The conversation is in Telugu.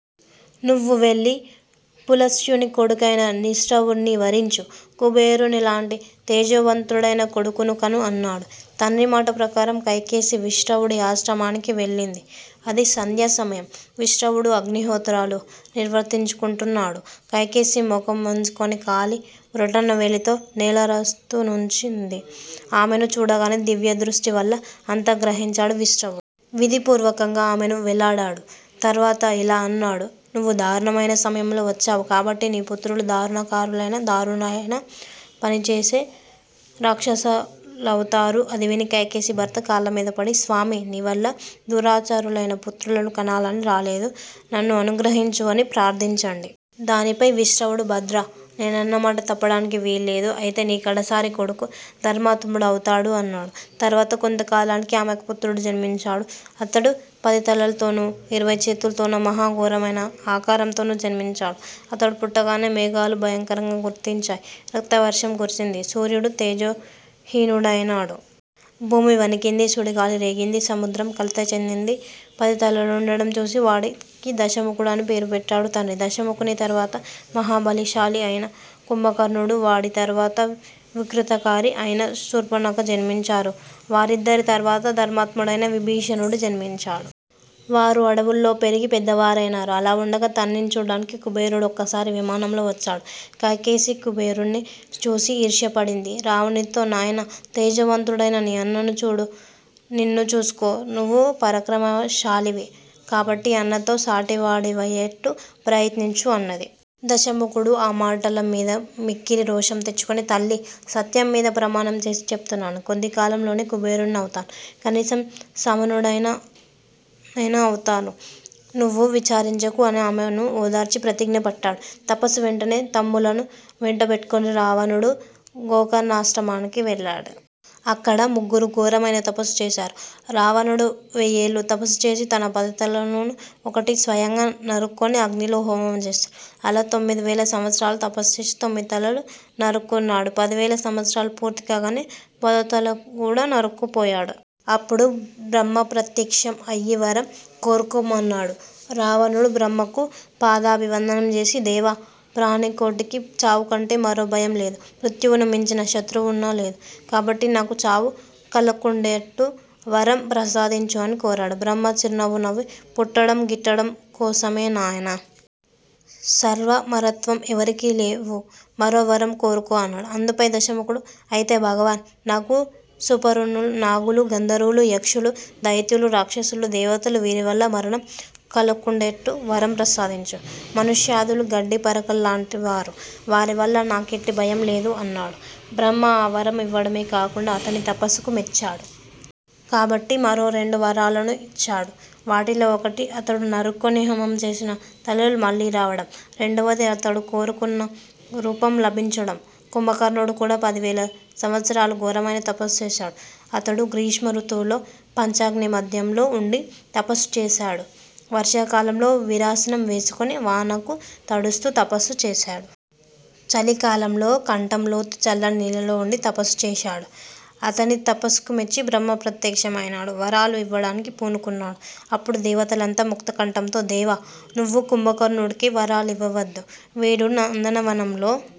నువ్వు వెళ్ళి పులస్త్యుని కొడుకైన నిశ్రవుణ్ని వరించు. కుబేరునిలాంటి తేజోవంతుడైన కొడుకును కను అన్నాడు. తండ్రి మాట ప్రకారం కైకసి విశ్రవుడి ఆశ్రమానికి వెళ్ళింది. అది సంధ్యాసమయం, విశ్రవుడు అగ్నిహోత్రాలు నిర్వర్తించుకుంటున్నాడు. కైకసి మొగం వంచుకొని కాలి బొటనవ్రేలితో నేలరాస్తూ నుంచుంది. ఆమెను చూడగానే దివ్యదృష్టి వల్ల అంతా గ్రహించాడు విశ్రవుడు. విధిపూర్వకంగా ఆమెను పెళ్లాడాడు. తర్వాత ఇలా అన్నాడు. నువ్వు దారుణమైన సమయంలో వచ్చావు. కాబట్టి నీ పుత్రులు దారుణాకారులైన దారుణాలైన పనులు చేసే రాక్షసులవుతారు అది విని కైకసి భర్త కాళ్ళమీద పడి స్వామీ! నీవల్ల దురాచారులైన పుత్రులను కనాలని రాలేదు. నన్ను అనుగ్రహించు అని ప్రార్దించండి. దానిపై విశ్రవుడు భద్రా! నేనన్నమాట తప్పడానికి వీల్లేదు. అయితే నీ కడసారి కొడుకు ధర్మాత్ముడవుతాడు అన్నాడు. తరువాత కొంతకాలానికి ఆమెకు పుత్రుడు జన్మించాడు. అతడు పదితలల్తోనూ, ఇరవై చేతుల్తోనూ మహా ఘోరమైన ఆకారంతోనూ జన్మించాడు. అతడు పుట్టగానే మేఘాలు భయంకరంగా గర్జించాయి. రక్తవర్షం కురిసింది. సూర్యుడు తేజోహీనుడైనాడు. భూమి వణికింది. సుడిగాలి రేగింది. సముద్రం కలత చెందింది. పది తలలుండడం చూసి వాడికి దశముఖుడు అని పేరు పెట్టాడు తండ్రి. దశముఖుని తరువాత మహా బలిశాలి అయిన కుంభకర్ణుడూ, వాడి తరువాత వికృతాకారి అయిన శూర్పనఖ జన్మించారు. వారిద్దరి తరువాత ధర్మాత్ముడైన విభీషణుడు జన్మించాడు. వారు అడవుల్లో పెరిగి పెద్దవారైనారు. అలా వుండగా తండ్రిని చూడ్డానికి కుబేరుడు ఒక సారి విమానంలో వచ్చాడు. కైకసి కుబేరుణ్ణి చూసి ఈర్ష్య పడింది. రావణునితో నాయనా! తేజోవంతుడైన నీ అన్నను చూడు. నిన్నూ చూసుకో, నువ్వు పరాక్రమశాలివి. కాబట్టి అన్నతో సాటివాడివయ్యేట్టు ప్రయత్నించు అన్నది. దశముఖుడు ఆ మాటల మీద మిక్కిలి రోషం తెచ్చుకొని తల్లీ! సత్యం మీద ప్రమాణం చేసి చెపుతున్నాను. కొద్ది కాలంలోనే కుబేరుణ్ణి అవుతాను. కనీసం సమానుడనైనా అవుతాను. నువ్వు విచారించకు అని ఆమెను ఓదార్చి ప్రతిజ్ఞ పట్టాడు. తపస్సు వెంటనే తమ్ములను వెంటబెట్టుకుని రావణుడు గోకర్ణాశ్రమానికి వెళ్లాడు. అక్కడ ముగ్గురూ ఘోరమైన తపస్సు చేశారు. రావణుడు వెయ్యేళ్ళు తపస్సు చేసి, తన పది తలల్లోనూ ఒకటి స్వయంగా నరుక్కొని అగ్నిలో హోమం చేశాడు. అలా తొమ్మిది వేల సంవత్సరాలు తపస్సు చేసి తొమ్మిది తలలు నరుక్కున్నాడు. పదివేల సంవత్సరాలూ పూర్తికాగానే పదో తల కూడా నరుక్కోపోయాడు. అప్పుడు బ్రహ్మ ప్రత్యక్షం అయి వరం కోరుకోమన్నాడు. రావణుడు బ్రహ్మకు పాదాభివందనం చేసి దేవా! ప్రాణికోటికి చావుకంటే మరో భయంలేదు. మృత్యువును మించిన శత్రువున్నూ లేదు. కాబట్టి నాకు చావు కలక్కుండేట్టు వరం ప్రసాదించు అని కోరాడు. బ్రహ్మ చిరునవ్వు నవ్వి పుట్టడం గిట్టడం కోసమే నాయనా. సర్వామరత్వం ఎవరికీ లేవు. మరో వరం కోరుకో అన్నాడు. అందుపై దశముఖుడు అయితే భగవాన్! నాకు సుపర్ణులు, నాగులు, గంధర్వులు, యక్షులు, దైత్యులు, రాక్షసులు, దేవతలు వీరి వల్ల మరణం కలక్కుండేట్టు వరం ప్రసాదించు. మనుష్యాదులు గడ్డిపరకల్లాంటివారు. వారివల్ల నాకెట్టి భయంలేదు. అన్నాడు. బ్రహ్మ ఆ వరం ఇవ్వడమే కాకుండా అతని తపస్సుకు మెచ్చాడు. కాబట్టి మరో రెండు వరాలున్నూ ఇచ్చాడు. వాటిలో ఒకటి అతడు నరుక్కొని హోమం చేసిన తలలు మళ్లీ రావడం, రెండవది అతడు కోరుకున్న రూపం లభించడమూ. కుంభకర్ణుడు కూడా పదివేల సంవత్సరాలు ఘోరమైన తపస్సు చేశాడు. అతడు గ్రీష్మరుతువులో పంచాగ్ని మధ్యంలో వుండి తపస్సుచేశాడు. వర్షాకాలంలో వీరాసనం వేసుకొని వానకు తడుస్తూ తపస్సుచేశాడు. చలికాలంలో కంఠంలోతు చల్లని నీళ్ళలో వుండి తపస్సు చేశాడు. అతని తపస్సుకు మెచ్చి బ్రహ్మ ప్రత్యక్షం అయినాడు. వరాలు ఇవ్వడానికి పూనుకున్నాడు. అప్పుడు దేవతలంతా ముక్తకంఠంతో దేవా! నువ్వు కుంభకర్ణుడికి వరాలివ్వవద్దు. వీడు నందనవనంలో